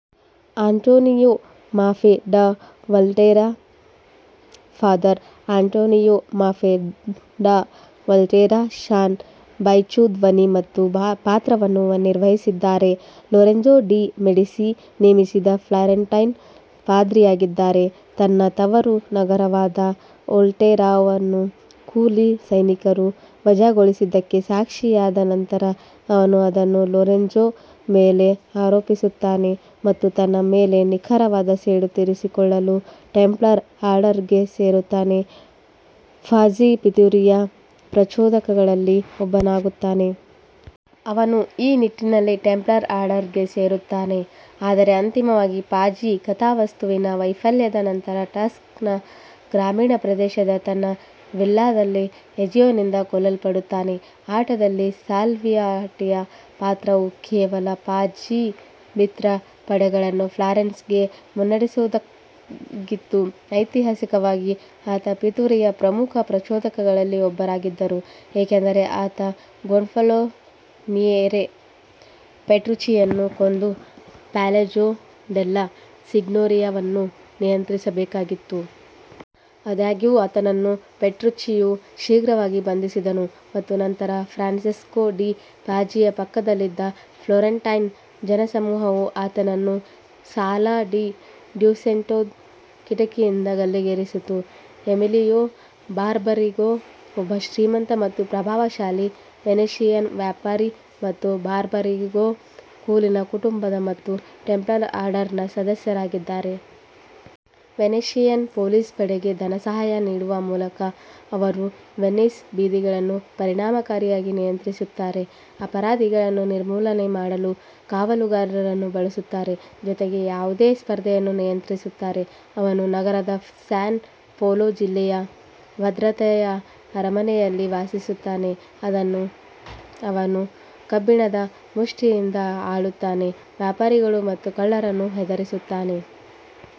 Antonio Maffei da Volterra father Antonio Maffei da Volterra Shawn Baichoo ಧ್ವನಿ ಮತ್ತು ಪಾತ್ರವನ್ನು ನಿರ್ವಹಿಸಿದ್ದಾರೆ ಲೊರೆಂಜೊ ಡಿ ಮೆಡಿಸಿ ನೇಮಿಸಿದ ಫ್ಲೋರೆಂಟೈನ್ ಪಾದ್ರಿಯಾಗಿದ್ದಾರೆ. ತನ್ನ ತವರು ನಗರವಾದ ವೋಲ್ಟೆರಾವನ್ನು ಕೂಲಿ ಸೈನಿಕರು ವಜಾಗೊಳಿಸಿದ್ದಕ್ಕೆ ಸಾಕ್ಷಿಯಾದ ನಂತರ, ಅವನು ಅದನ್ನು ಲೊರೆಂಜೊ ಮೇಲೆ ಆರೋಪಿಸುತ್ತಾನೆ ಮತ್ತು ತನ್ನ ಮೇಲೆ ನಿಖರವಾದ ಸೇಡು ತೀರಿಸಿಕೊಳ್ಳಲು ಟೆಂಪ್ಲರ್ ಆರ್ಡರ್ಗೆ ಸೇರುತ್ತಾನೆ; ಪಾಝಿ ಪಿತೂರಿಯ ಪ್ರಚೋದಕಗಳಲ್ಲಿ ಒಬ್ಬನಾಗುತ್ತಾನೆ. ಅವನು ಈ ನಿಟ್ಟಿನಲ್ಲಿ ಟೆಂಪ್ಲರ್ ಆರ್ಡರ್ಗೆ ಸೇರುತ್ತಾನೆ, ಆದರೆ ಅಂತಿಮವಾಗಿ ಪಾಜಿ ಕಥಾವಸ್ತುವಿನ ವೈಫಲ್ಯದ ನಂತರ ಟಸ್ಕನ್ ಗ್ರಾಮೀಣ ಪ್ರದೇಶದ ತನ್ನ ವಿಲ್ಲಾದಲ್ಲಿ ಎಜಿಯೊನಿಂದ ಕೊಲ್ಲಲ್ಪಡುತ್ತಾನೆ. ಆಟದಲ್ಲಿ ಸಾಲ್ವಿಯಾಟಿಯ ಪಾತ್ರವು ಕೇವಲ ಪಾಜಿ-ಮಿತ್ರ ಪಡೆಗಳನ್ನು ಫ್ಲಾರೆನ್ಸ್ಗೆ ಮುನ್ನಡೆಸುವುದಾಗಿತ್ತು, ಐತಿಹಾಸಿಕವಾಗಿ ಆತ ಪಿತೂರಿಯ ಪ್ರಮುಖ ಪ್ರಚೋದಕಗಳಲ್ಲಿ ಒಬ್ಬರಾಗಿದ್ದರು, ಏಕೆಂದರೆ ಆತ ಗೊನ್ಫಲೋನಿಯೆರೆ ಪೆಟ್ರುಚಿಯನ್ನು ಕೊಂದು ಪ್ಯಾಲಾಜೊ ಡೆಲ್ಲಾ ಸಿಗ್ನೋರಿಯಾವನ್ನು ನಿಯಂತ್ರಿಸಬೇಕಾಗಿತ್ತು. ಆದಾಗ್ಯೂ, ಆತನನ್ನು ಪೆಟ್ರುಚ್ಚಿಯು ಶೀಘ್ರವಾಗಿ ಬಂಧಿಸಿದನು ಮತ್ತು ನಂತರ ಫ್ರಾನ್ಸೆಸ್ಕೊ ಡಿ 'ಪಾಜಿಯ ಪಕ್ಕದಲ್ಲಿದ್ದ ಫ್ಲೋರೆಂಟೈನ್ ಜನಸಮೂಹವು ಆತನನ್ನು ಸಾಲಾ ಡೀ ಡ್ಯೂಸೆಂಟೊದ ಕಿಟಕಿಯಿಂದ ಗಲ್ಲಿಗೇರಿಸಿತು. ಎಮಿಲಿಯೊ ಬಾರ್ಬರಿಗೊ ಒಬ್ಬ ಶ್ರೀಮಂತ ಮತ್ತು ಪ್ರಭಾವಶಾಲಿ ವೆನೆಷಿಯನ್ ವ್ಯಾಪಾರಿ ಮತ್ತು ಬಾರ್ಬರಿಗೊ ಕುಲೀನ ಕುಟುಂಬದ ಮತ್ತು ಟೆಂಪ್ಲರ್ ಆರ್ಡರ್ನ ಸದಸ್ಯರಾಗಿದ್ದಾರೆ. ವೆನೆಷಿಯನ್ ಪೊಲೀಸ್ ಪಡೆಗೆ ಧನಸಹಾಯ ನೀಡುವ ಮೂಲಕ, ಅವರು ವೆನಿಸ್ನ ಬೀದಿಗಳನ್ನು ಪರಿಣಾಮಕಾರಿಯಾಗಿ ನಿಯಂತ್ರಿಸುತ್ತಾರೆ, ಅಪರಾಧಿಗಳನ್ನು ನಿರ್ಮೂಲನೆ ಮಾಡಲು ಕಾವಲುಗಾರರನ್ನು ಬಳಸುತ್ತಾರೆ, ಜೊತೆಗೆ ಯಾವುದೇ ಸ್ಪರ್ಧೆಯನ್ನೂ ನಿಯಂತ್ರಿಸುತ್ತಾರೆ. ಅವನು ನಗರದ ಸ್ಯಾನ್ ಪೊಲೊ ಜಿಲ್ಲೆಯ ಭದ್ರತೆಯ ಅರಮನೆಯಲ್ಲಿ ವಾಸಿಸುತ್ತಾನೆ, ಅದನ್ನು ಅವನು ಕಬ್ಬಿಣದ ಮುಷ್ಟಿಯಿಂದ ಆಳುತ್ತಾನೆ, ವ್ಯಾಪಾರಿಗಳು ಮತ್ತು ಕಳ್ಳರನ್ನು ಹೆದರಿಸುತ್ತಾನೆ.